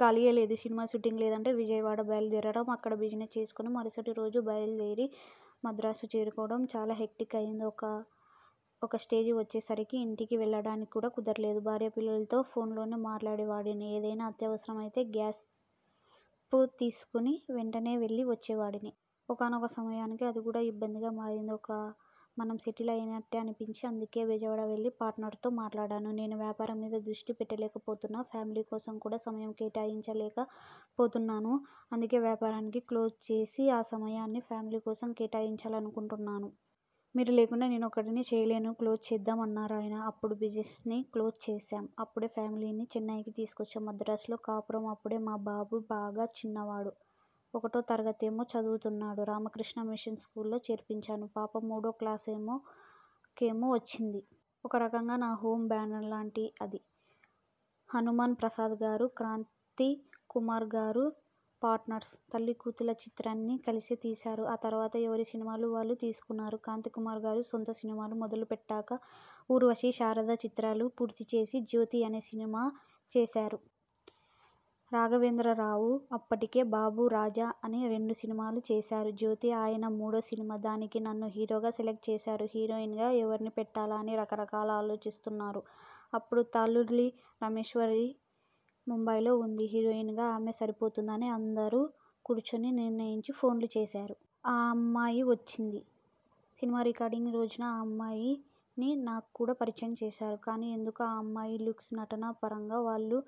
ఖాళీయే లేదు. Cinema shooting లేదంటే విజయవాడ బయలుదేరడం, అక్కడ బిజినెస్ చూసుకుని మరుసటిరోజు బయలుదేరి మద్రాసు చేరుకోవడం'. చాలా హెక్టిక్ అయింది ఇక ఒక స్టేజ్కి వచ్చే సరికి ఇంటికి వెళ్లడానికి కూడా కుదరలేదు. భార్యా పిల్లలతో ఫోన్లోనే మాట్లాడే వాడిని. ఏదైనా అత్యవసరం అయితే, గ్యాప్ చూసుకుని వెంటనే వెళ్లి వచ్చేవాడిని. ఒకానొక సమయానికి అది కూడా ఇబ్బందిగా మారింది. ''ఇక మనం సెటిల్ అయినట్టే'' అనిపించింది. అందుకే బెజవాడ వెళ్లి పార్ట్నర్తో మాట్లాడాను. ''నేను వ్యాపారం మీద దృష్టి పెట్టలేకపోతున్నాను. ఫ్యామిలీ కోసం కూడా సమయం కేటాయించలేక పోతున్నాను. అందుకే వ్యాపారాన్ని క్లోజ్ చేసి ఆ సమయాన్ని ఫ్యామిలీ కోసం కేటాయించాలనుకుంటున్నాను. మీరు లేకుండా నేను ఒక్కడినే చేయలేను, క్లోజ్ చేసేద్దాం''అన్నారు ఆయన. అప్పుడు బిజినెస్ని క్లోజ్ చేశాం. అప్పుడే ఫ్యామిలీని చెన్నైకి తీసుకొచ్చాను. మద్రాసులో కాపురం అప్పుడు మా బాబు బాగా చిన్నవాడు. ఒకటో తరగతేమో చదువుతున్నాడు. రామకృష్ణా మిషన్ స్చూల్లో చేర్పించాను. పాప మూడో క్లాసుకేమో వచ్చింది. ఒక రకంగా నా హోమ్ బ్యానర్లాంటిది అది. హనుమాన్ ప్రసాద్ గారు, క్రాంతికుమార్ గారు పార్ట్నర్స్. 'తల్లీకూతుళ్లు' చిత్రాన్ని కలిసే తీశారు. ఆ తర్వాత ఎవరి సినిమాలు వాళ్లు తీసుకున్నారు. క్రాంతికుమార్ గారు సొంత సినిమాలు మొదలు పెట్టాక 'ఊర్వశి', 'శారద' చిత్రాలు పూర్తిచేసి, 'జ్యోతి' అనే సినిమా చేశారు. రాఘవేంద్రరావు గారు అప్పటికే 'బాబు', 'రాజా' అని రెండు సినిమాలు చేశారు. 'జ్యోతి' ఆయన మూడో సినిమా. దానికి నన్ను హీరోగా సెలక్ట్ చేశారు. హీరోయిన్గా ఎవరిని పెట్టాలా? అని రకరకాలుగా ఆలోచిస్తున్నారు.. అప్పుడు తాళ్లూరి రామేశ్వరి ముంబైలో ఉంది. హీరోయిన్గా ఆమె సరిపోతుందని అందరూ కూర్చుని నిర్ణయించి ఫోన్లు చేశారు. ఆ అమ్మాయి వచ్చింది. సినిమా రికార్డింగ్ రోజున ఆ అమ్మాయిని నాక్కూడా పరిచయం చేశారు. కానీ ఎందుకో ఆ అమ్మాయి లుక్స్, నటన పరంగా వాళ్లు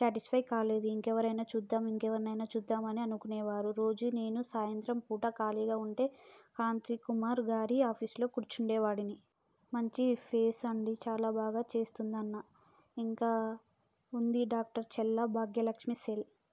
శాటిస్ఫై కాలేదు. ఇంకెవరినైనా చూద్దాం, ఇంకెవరినైనా చూద్దాం అని అనుకునేవారు. రోజూ నేను సాయంత్రం పూట ఖాళీగా ఉంటే క్రాంతికుమార్ గారి ఆఫీసులో కూర్చునేవాడిని. ''మంచి ఫేసు అండీ. చాలా బాగా చేస్తోంది'' అన్నా. ఇంకా ఉంది డాక్టర్ చల్లా భాగ్యలక్ష్మీ సెల్